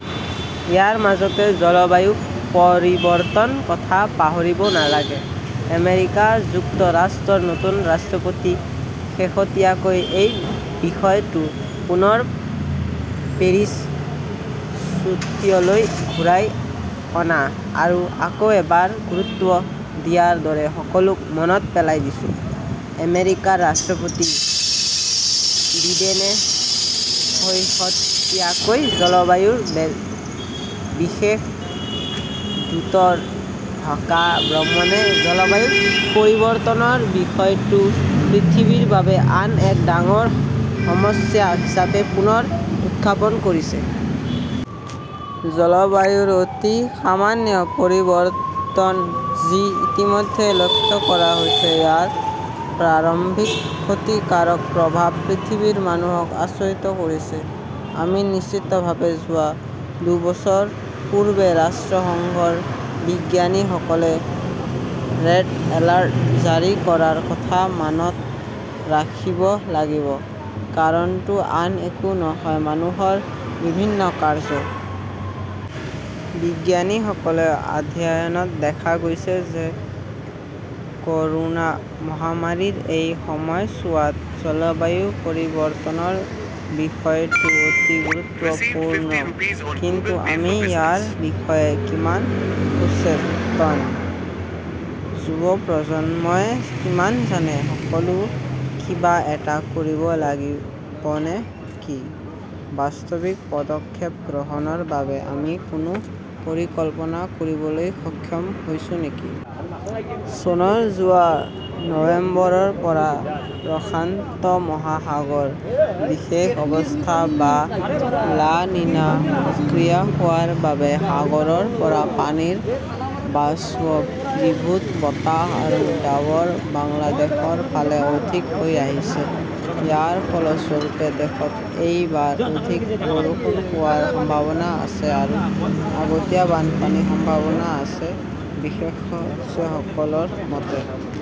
ইয়াৰ মাজতে জলবায়ু পৰিৱৰ্তনৰ কথা পাহৰিব নালাগে। আমেৰিকা যুক্তৰাষ্ট্ৰৰ নতুন ৰাষ্ট্ৰপতিয়ে শেহতীয়াকৈ এই বিষয়টো পুনৰ পেৰিছ চুক্তিলৈ ঘূৰাই অনা আৰু আকৌ এবাৰ গুৰুত্ব দিয়াৰ দৰে সকলোকে মনত পেলাই দিছে। আমেৰিকাৰ ৰাষ্ট্ৰপতি বিডেনে শেহতীয়াকৈ জলবায়ুৰ বিশেষ দূতৰ ঢাকা ভ্ৰমণে জলবায়ু পৰিৱৰ্তনৰ বিষয়টো পৃথিৱীৰ বাবে আন এক ডাঙৰ সমস্যা হিচাপে পুনৰ উত্থাপন কৰিছে। জলবায়ুৰ অতি সামান্য পৰিৱৰ্তন যি ইতিমধ্যে লক্ষ্য কৰা হৈছে, ইয়াৰ প্ৰাৰম্ভিক ক্ষতিকাৰক প্ৰভাৱে পৃথিৱীৰ মানুহক আচৰিত কৰিছে। আমি নিশ্চিতভাৱে যোৱা দুবছৰ পূৰ্বে ৰাষ্ট্ৰসংঘৰ বিজ্ঞানীসকলে ৰেড-এলাৰ্ট জাৰি কৰাৰ কথা মনত ৰাখিব লাগিব। কাৰণটো আন একো নহয়, মানুহৰ বিভিন্ন কাৰ্য্য। বিজ্ঞানীসকলৰ অধ্যয়নত দেখা গৈছে যে ক'ৰোনা মহামাৰীৰ এই সময়ছোৱাত জলবায়ু পৰিৱৰ্তনৰ বিষয়টোও অতি গুৰুত্বপূৰ্ণ। কিন্তু আমি ইয়াৰ বিষয়ে কিমান সচেতন? যুৱ প্ৰজন্মই কিমান জানে? সকলোৱে কিবা এটা কৰিব লাগিব নেকি? বাস্তৱিক পদক্ষেপ গ্ৰহণৰ বাবে আমি কোনো পৰিকল্পনা কৰিবলৈ সক্ষম হৈছো নেকি? চনৰ যোৱা নৱেম্বৰৰ পৰা প্ৰশান্ত মহাসাগৰৰ বিশেষ অৱস্থা বা লা নিনা সক্ৰিয় হোৱাৰ বাবে সাগৰৰ পৰা পানীৰ বাষ্পীভূত বতাহ আৰু ডাৱৰ বাংলাদেশৰ ফালে অধিক হৈ আহিছে। ইয়াৰ ফলস্বৰূপে, দেশত এইবাৰ অধিক বৰষুণ হোৱাৰ সম্ভাৱনা আছে আৰু আগতীয়া বানপানীৰ সম্ভাৱনা আছে-বিশেষজ্ঞসকলৰ মতে।